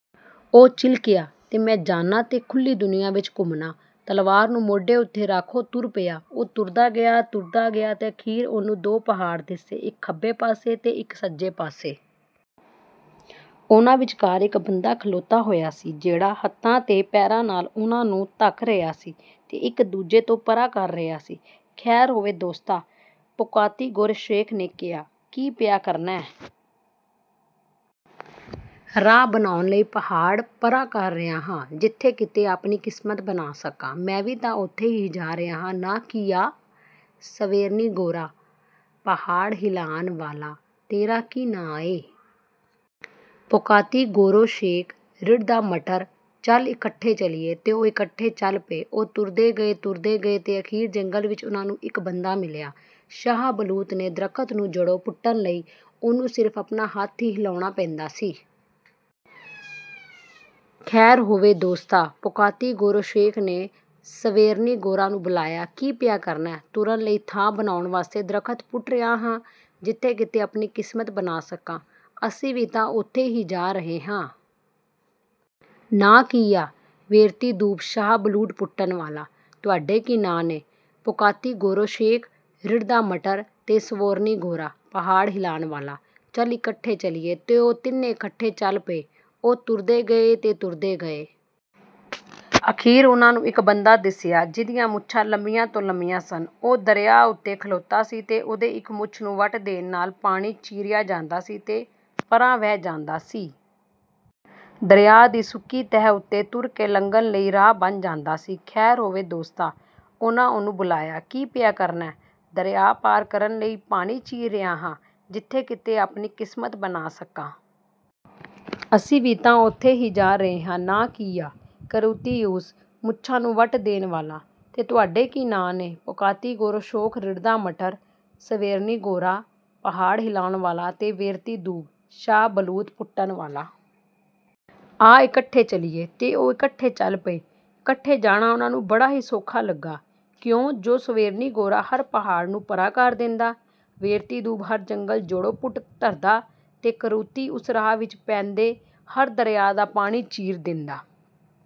ਉਹ ਚਿਲਕਿਆ, “ਤੇ ਮੈਂ ਜਾਂਨਾਂ ਤੇ ਖੁੱਲ੍ਹੀ ਦੁਨੀਆਂ ਵਿੱਚ ਘੁੰਮਨਾਂ।” ਤਲਵਾਰ ਨੂੰ ਮੋਢੇ ਉੱਤੇ ਰੱਖ ਉਹ ਤੁਰ ਪਿਆ। ਉਹ ਤੁਰਦਾ ਗਿਆ, ਤੁਰਦਾ ਗਿਆ ਤੇ ਅਖ਼ੀਰ ਉਹਨੂੰ ਦੋ ਪਹਾੜ ਦਿੱਸੇ, ਇੱਕ ਖੱਬੇ ਪਾਸੇ ਤੇ ਇੱਕ ਸੱਜੇ ਪਾਸੇ। ਉਹਨਾਂ ਵਿਚਕਾਰ ਇੱਕ ਬੰਦਾ ਖਲੋਤਾ ਹੋਇਆ ਸੀ, ਜਿਹੜਾ ਹੱਥਾਂ ਤੇ ਪੈਰਾਂ ਨਾਲ ਉਹਨਾਂ ਨੂੰ ਧੱਕ ਰਿਹਾ ਸੀ ਤੇ ਇੱਕ-ਦੂਜੇ ਤੋਂ ਪਰ੍ਹਾਂ ਕਰ ਰਿਹਾ ਸੀ। “ਖ਼ੈਰ ਹੋਵੇ, ਦੋਸਤਾ!” ਪੋਕਾਤੀ-ਗੋਰੋਸ਼ੇਕ ਨੇ ਕਿਹਾ। “ਕੀ ਪਿਆ ਕਰਨੈਂ? ਰਾਹ ਬਣਾਉਣ ਲਈ ਪਹਾੜ ਪਰ੍ਹਾਂ ਕਰ ਰਿਹਾ ਹਾਂ। ਜਿੱਥੇ ਕਿਤੇ ਆਪਣੀ ਕਿਸਮਤ ਬਣਾ ਸਕਾਂ।” “ਮੈਂ ਵੀ ਤਾਂ ਓਥੇ ਹੀ ਜਾ ਰਿਹਾ ਹਾਂ। ਨਾਂ ਕੀ ਆ?” “ਸਵੇਰਨੀ-ਗੋਰਾ, ਪਹਾੜ ਹਿਲਾਣ ਵਾਲਾ। ਤੇਰਾ ਕੀ ਨਾਂ ਏ?” “ਪੋਕਾਤੀ-ਗੋਰੋਸ਼ੇਕ, ਰਿੜ੍ਹਦਾ ਮਟਰ। ਚੱਲ, ਇਕੱਠੇ ਚੱਲੀਏ।” ਤੇ ਉਹ ਇਕੱਠੇ ਚੱਲ ਪਏ। ਉਹ ਤੁਰਦੇ ਗਏ, ਤੁਰਦੇ ਗਏ ਤੇ ਅਖ਼ੀਰ ਜੰਗਲ ਵਿੱਚ ਉਹਨਾਂ ਨੂੰ ਇੱਕ ਬੰਦਾ ਮਿਲਿਆ। ਸ਼ਾਹ ਬਲੂਤ ਦੇ ਦਰਖ਼ਤ ਨੂੰ ਜੜ੍ਹੋਂ ਪੁੱਟਣ ਲਈ ਉਹਨੂੰ ਸਿਰਫ਼ ਆਪਣਾ ਹੱਥ ਹੀ ਹਿਲਾਉਣਾ ਪੈਂਦਾ ਸੀ। “ਖ਼ੈਰ ਹੋਵੇ, ਦੋਸਤਾ!” ਪੋਕਾਤੀ-ਗੋਰੋਸ਼ੇਕ ਤੇ ਸਵੇਰਨੀ-ਗੋਰਾ ਨੇ ਬੁਲਾਇਆ। “ਕੀ ਪਿਆ ਕਰਨੈਂ?” “ਤੁਰਨ ਲਈ ਥਾਂ ਬਣਾਉਣ ਵਾਸਤੇ ਦਰਖ਼ਤ ਪੁੱਟ ਰਿਹਾ ਹਾਂ।” “ਜਿੱਥੇ ਕਿਤੇ ਆਪਣੀ ਕਿਸਮਤ ਬਣਾ ਸਕਾਂ।” “ਅਸੀਂ ਵੀ ਤਾਂ ਓਥੇ ਹੀ ਜਾ ਰਹੇ ਹਾਂ। ਨਾਂ ਕੀ ਆ?” “ਵੇਰਤੀ-ਦੂਬ, ਸ਼ਾਹ ਬਲੂਤ ਪੁੱਟਣ ਵਾਲਾ। ਤੁਹਾਡੇ ਕੀ ਨਾਂ ਨੇ?” “ਪੋਕਾਤੀ-ਗੋਰੋਸ਼ੇਕ, ਰਿੜ੍ਹਦਾ ਮਟਰ, ਤੇ ਸਵੇਰਨੀ-ਗੋਰਾ, ਪਹਾੜ ਹਿਲਾਣ ਵਾਲਾ। ਚੱਲ, ਇਕੱਠੇ ਚੱਲੀਏ।” ਤੇ ਉਹ ਤਿੰਨੇ ਇਕੱਠੇ ਚੱਲ ਪਏ। ਉਹ ਤੁਰਦੇ ਗਏ ਤੇ ਤੁਰਦੇ ਗਏ। ਅਖ਼ੀਰ ਉਹਨਾਂ ਨੂੰ ਇੱਕ ਬੰਦਾ ਦਿੱਸਿਆ, ਜਿਹਦੀਆਂ ਮੁੱਛਾਂ ਲੰਮੀਆਂ ਤੋਂ ਲੰਮੀਆਂ ਸਨ। ਉਹ ਦਰਿਆ ਉੱਤੇ ਖਲੋਤਾ ਸੀ ਤੇ ਉਹਦੇ ਇੱਕ ਮੁੱਛ ਨੂੰ ਵੱਟ ਦੇਣ ਨਾਲ ਪਾਣੀ ਚੀਰਿਆ ਜਾਂਦਾ ਸੀ ਤੇ ਪਰ੍ਹਾਂ ਵਹਿ ਜਾਂਦਾ ਸੀ। ਦਰਿਆ ਦੀ ਸੁੱਕੀ ਤਹਿ ਉੱਤੇ ਤੁਰ ਕੇ ਲੰਘਣ ਲਈ ਰਾਹ ਬਣ ਜਾਂਦਾ ਸੀ। “ਖ਼ੈਰ ਹੋਵੇ, ਦੋਸਤਾ!” ਉਹਨਾਂ ਉਹਨੂੰ ਬੁਲਾਇਆ। “ਕੀ ਪਿਆ ਕਰਨੈਂ?” “ਦਰਿਆ ਪਾਰ ਕਰਨ ਲਈ ਪਾਣੀ ਚੀਰ ਰਿਹਾ ਹਾਂ। ਜਿੱਥੇ ਕਿਤੇ ਆਪਣੀ ਕਿਸਮਤ ਬਣਾ ਸਕਾਂ।” “ਅਸੀਂ ਵੀ ਤਾਂ ਓਥੇ ਹੀ ਜਾ ਰਹੇ ਹਾਂ। ਨਾਂ ਕੀ ਆ?” “ਕਰੂਤੀ-ਉਸ, ਮੁੱਛਾਂ ਨੂੰ ਵੱਟ ਦੇਣ ਵਾਲਾ। ਤੇ ਤੁਹਾਡੇ ਕੀ ਨਾਂ ਨੇ?” “ਪੋਕਾਤੀ-ਗੋਰੋਸ਼ੇਕ, ਰਿੜ੍ਹਦਾ ਮਟਰ, ਸਵੇਰਨੀ-ਗੋਰਾ, ਪਹਾੜ ਹਿਲਾਣ ਵਾਲਾ ਤੇ ਵੇਰਤੀ-ਦੂਬ, ਸ਼ਾਹ ਬਲੂਤ ਪੁੱਟਣ ਵਾਲਾ। ਆ, ਇਕੱਠੇ ਚੱਲੀਏ!” ਤੇ ਉਹ ਇਕੱਠੇ ਚੱਲ ਪਏ। ਇਕੱਠੇ ਜਾਣਾ ਉਹਨਾਂ ਨੂੰ ਬੜਾ ਹੀ ਸੌਖਾ ਲੱਗਾ, ਕਿਉਂ ਜੋ ਸਵੇਰਨੀ-ਗੋਰਾ ਹਰ ਪਹਾੜ ਨੂੰ ਪਰ੍ਹਾਂ ਕਰ ਦੇਂਦਾ, ਵੇਰਤੀ-ਦੂਬ ਹਰ ਜੰਗਲ ਜੜ੍ਹੋਂ ਪੁੱਟ ਧਰਦਾ ਤੇ ਕਰੂਤੀ-ਉਸ ਰਾਹ ਵਿੱਚ ਪੈਂਦੇ ਹਰ ਦਰਿਆ ਦਾ ਪਾਣੀ ਚੀਰ ਦੇਂਦਾ।